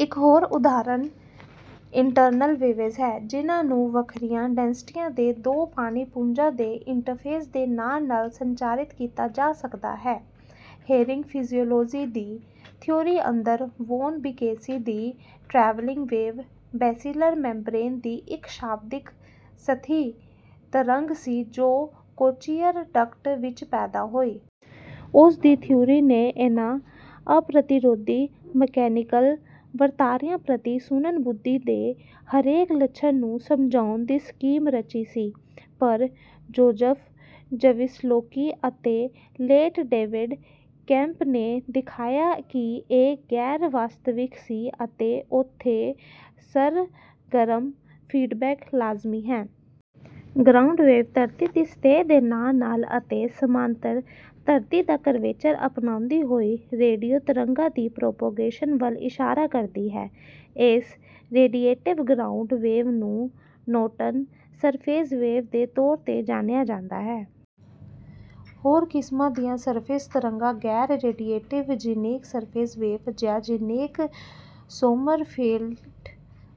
ਇੱਕ ਹੋਰ ਉਦਾਹਰਨ ਇੰਟ੍ਰਨਲ ਵੇਵਜ਼ ਹੈ, ਜਿਹਨਾਂ ਨੂੰ ਵੱਖਰੀਆਂ ਡੈਂਸਿਟੀਆਂ ਦੇ ਦੋ ਪਾਣੀ-ਪੁੰਜਾਂ ਦੇ ਇੰਟ੍ਰਫੇਸ ਦੇ ਨਾਲ-ਨਾਲ ਸੰਚਾਰਿਤ ਕੀਤਾ ਜਾ ਸਕਦਾ ਹੈ। ਹਿਅਰਿੰਗ ਫਿਜ਼ੀਔਲੌਜੀ ਦੀ ਥਿਊਰੀ ਅੰਦਰ, ਵੌਨ ਬੀਕੇਸੀ ਦੀ ਟ੍ਰੈਵਲਿੰਗ ਵੇਵ ਬੇਸੀਲਰ ਮੈਂਬ੍ਰੇਨ ਦੀ ਇੱਕ ਸ਼ਾਬਦਿਕ ਸਤਹਿ ਤਰੰਗ ਸੀ ਜੋ ਕੋਚਲੀਅਰ ਡਕਟ ਵਿੱਚ ਪੈਦਾ ਹੋਈ। ਉਸਦੀ ਥਿਊਰੀ ਨੇ ਇਹਨਾਂ ਅਪ੍ਰਤਿਰੋਧੀ ਮਕੈਨੀਕਲ ਵਰਤਾਰਿਆਂ ਪ੍ਰਤੀ ਸੁਣਨ-ਬੁੱਧੀ ਦੇ ਹਰੇਕ ਲੱਛਣ ਨੂੰ ਸਮਝਾਉਣ ਦੀ ਸਕੀਮ ਰਚੀ ਸੀ। ਪਰ ਜੋਜ਼ਫ ਜ਼ਵਿਸਲੋਕੀ ਅਤੇ ਲੇਟ ਡੇਵਿਡ ਕੇਂਪ ਨੇ ਦਿਖਾਇਆ ਕਿ ਇਹ ਗੈਰ-ਵਾਸਤਵਿਕ ਸੀ ਅਤੇ ਓਥੇ ਸਰਗਰਮ ਫੀਡਬੈਕ ਲਾਜ਼ਮੀ ਹੈ। ਗਰਾਊਂਡ ਵੇਵ ਧਰਤੀ ਦੀ ਸਤਹਿ ਦੇ ਨਾਲ-ਨਾਲ ਅਤੇ ਸਮਾਂਤਰ, ਧਰਤੀ ਦਾ ਕਰਵੇਚਰ ਅਪਣਾਉਂਦੀ ਹੋਈ ਰੇਡੀਓ ਤਰੰਗਾਂ ਦੀ ਪ੍ਰੌਪੇਗੇਸ਼ਨ ਵੱਲ ਇਸ਼ਾਰਾ ਕਰਦੀ ਹੈ। ਇਸ ਰੇਡੀਏਟਿਵ ਗਰਾਊਂਡ ਵੇਵ ਨੂੰ ਨੌਰਟਨ ਸਰਫੇਸ ਵੇਵ ਦੇ ਤੌਰ ਤੇ ਜਾਣਿਆ ਜਾਂਦਾ ਹੈ। ਹੋਰ ਕਿਸਮਾਂ ਦੀਆਂ ਸਰਫੇਸ ਤਰੰਗਾਂ ਗੈਰ-ਰੇਡੀਏਟਿਵ ਜ਼ੀਨੈਕ ਸਰਫੇਸ ਵੇਵ, ਜਾਂ ਜ਼ੀਨੈਕ-ਸੋਮੱਰਫੈਲਡ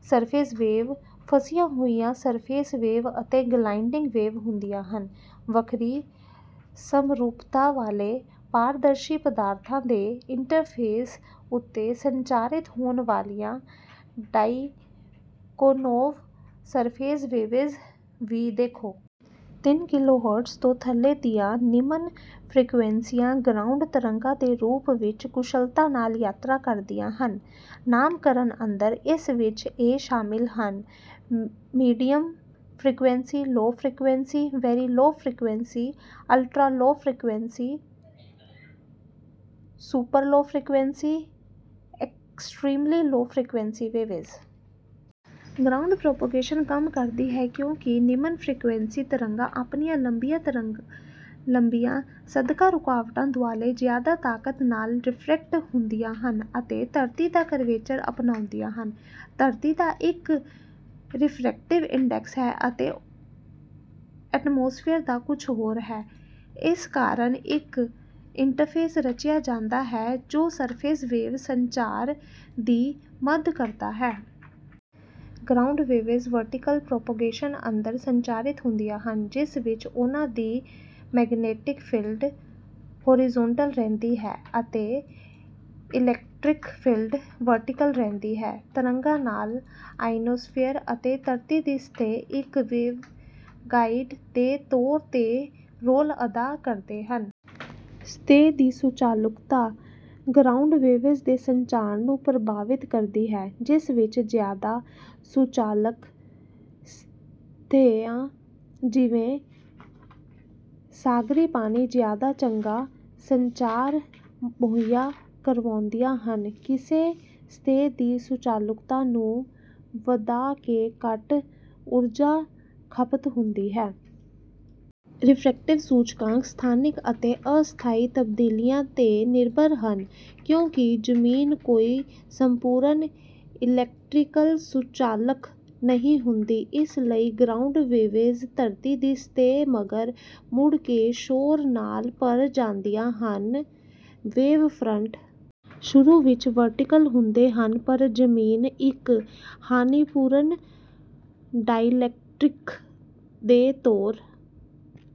ਸਰਫੇਸ ਵੇਵ, ਫਸੀਆਂ ਹੋਈਆਂ ਸਰਫੇਸ ਵੇਵ ਅਤੇ ਗਲਾਈਡਿੰਗ ਵੇਵ ਹੁੰਦੀਆਂ ਹਨ। ਵੱਖਰੀ ਸਮਰੂਪਤਾ ਵਾਲੇ ਪਾਰਦਰਸ਼ੀ ਪਦਾਰਥਾਂ ਦੇ ਇੰਟ੍ਰਫੇਸ ਉੱਤੇ ਸੰਚਾਰਿਤ ਹੋਣ ਵਾਲੀਆਂ ਡਾਇਕੋਨੋਵ ਸਰਫੇਸ ਵੇਵਜ਼ ਵੀ ਦੇਖੋ। ਤਿੰਨ ਕਿਲੋਹਰਟਜ਼ ਤੋਂ ਥੱਲੇ ਦੀਆਂ ਨਿਮਨ ਫ੍ਰੀਕੁਐਂਸੀਆਂ ਗਰਾਊਂਡ ਤਰੰਗਾਂ ਦੇ ਰੂਪ ਵਿੱਚ ਕੁਸ਼ਲਤਾ ਨਾਲ ਯਾਤਰਾ ਕਰਦੀਆਂ ਹਨ। ਨਾਮਕਰਨ ਅੰਦਰ, ਇਸ ਵਿੱਚ ਇਹ ਸ਼ਾਮਿਲ ਹਨ: medium frequency, low frequency, very low frequency, ultra low frequency, super low frequency, extremely low frequency waves. Ground propagation ਕੰਮ ਕਰਦੀ ਹੈ ਕਿਉਂਕਿ ਨਿਮਨ ਫ੍ਰੀਕੁਐਂਸੀ ਤਰੰਗਾਂ ਆਪਣੀਆਂ ਲੰਬੀਆਂ ਤਰੰਗ-ਲੰਬਾਈਆਂ ਸਦਕਾ ਰੁਕਾਵਟਾਂ ਦੁਆਲੇ ਜ਼ਿਆਦਾ ਤਾਕਤ ਨਾਲ ਡਿੱਫ੍ਰੈਕਟ ਹੁੰਦੀਆਂ ਹਨ, ਅਤੇ ਧਰਤੀ ਦਾ ਕਰਵੇਚਰ ਅਪਣਾਉਂਦੀਆਂ ਹਨ। ਧਰਤੀ ਦਾ ਇੱਕ ਰਿਫ਼੍ਰੈਕਟਿਵ ਇੰਡੈਕਸ ਹੈ ਅਤੇ ਐਟਮੋਸਫੀਅਰ ਦਾ ਕੁੱਝ ਹੋਰ ਹੈ, ਇਸ ਕਾਰਨ ਇੱਕ ਇੰਟ੍ਰਫੇਸ ਰਚਿਆ ਜਾਂਦਾ ਹੈ ਜੋ ਸਰਫੇਸ ਵੇਵ ਸੰਚਾਰ ਦੀ ਮਦ ਕਰਦਾ ਹੈ। ਗਰਾਊਂਡ ਵੇਵਜ਼ ਵਰਟੀਕਲ ਪੋਲਰਾਇਜ਼ੇਸ਼ਨ ਅੰਦਰ ਸੰਚਾਰਿਤ ਹੁੰਦੀਆਂ ਹਨ, ਜਿਸ ਵਿੱਚ ਉਹਨਾਂ ਦੀ ਮੈਗਨੈਟਿਕ ਫੀਲਡ ਹੌਰੀਜ਼ੌਨਟਲ ਰਹਿੰਦੀ ਹੈ ਅਤੇ ਇਲੈਕਟ੍ਰਿਕ ਫੀਲਡ ਵਰਟੀਕਲ ਰਹਿੰਦੀ ਹੈ। ਤਰੰਗਾਂ ਨਾਲ, ਆਇਓਨੋਸਫੀਅਰ ਅਤੇ ਧਰਤੀ ਦੀ ਸਤਹਿ ਇੱਕ ਵੇਵਗਾਈਡ ਦੇ ਤੌਰ ਤੇ ਰੋਲ ਅਦਾ ਕਰਦੇ ਹਨ। ਸਤਹਿ ਦੀ ਸੁਚਾਲਕਤਾ ਗਰਾਊਂਡ ਵੇਵਜ਼ ਦੇ ਸੰਚਾਰ ਨੂੰ ਪ੍ਰਭਾਵਿਤ ਕਰਦੀ ਹੈ, ਜਿਸ ਵਿੱਚ ਜ਼ਿਆਦਾ ਸੁਚਾਲਕ ਸਤਹਿਾਂ ਜਿਵੇਂ ਸਾਗਰੀ ਪਾਣੀ ਜ਼ਿਆਦਾ ਚੰਗਾ ਸੰਚਾਰ ਮੁਹੱਈਆ ਕਰਵਾਉਂਦੀਆਂ ਹਨ। ਕਿਸੇ ਸਤਹਿ ਦੀ ਸੁਚਾਲਕਤਾ ਨੂੰ ਵਧਾ ਕੇ ਘੱਟ ਊਰਜਾ ਖਪਤ ਹੁੰਦੀ ਹੈ। ਰਿਫ੍ਰੈਕਟਿਵ ਸੂਚਕਾਂਕ ਸਥਾਨਿਕ ਅਤੇ ਅਸਥਾਈ ਤਬਦੀਲੀਆਂ ਤੇ ਨਿਰਭਰ ਹਨ। ਕਿਉਂਕਿ ਜ਼ਮੀਨ ਕੋਈ ਸੰਪੂਰਣ ਇਲੈਕਟ੍ਰੀਕਲ ਸੁਚਾਲਕ ਨਹੀਂ ਹੁੰਦੀ, ਇਸ ਲਈ ਗਰਾਊਂਡ ਵੇਵਜ਼ ਧਰਤੀ ਦੀ ਸਤਹਿ ਮਗਰ ਮੁੜ ਕੇ ਸ਼ੋਰ ਨਾਲ ਭਰ ਜਾਂਦੀਆਂ ਹਨ। ਵੇਵਫ੍ਰੰਟ ਸ਼ੁਰੂ ਵਿੱਚ ਵਰਟੀਕਲ ਹੁੰਦੇ ਹਨ, ਪਰ ਜ਼ਮੀਨ, ਇੱਕ ਹਾਨੀਪੂਰਣ ਡਾਇਲੈਕਟ੍ਰਿਕ ਦੇ ਤੌਰ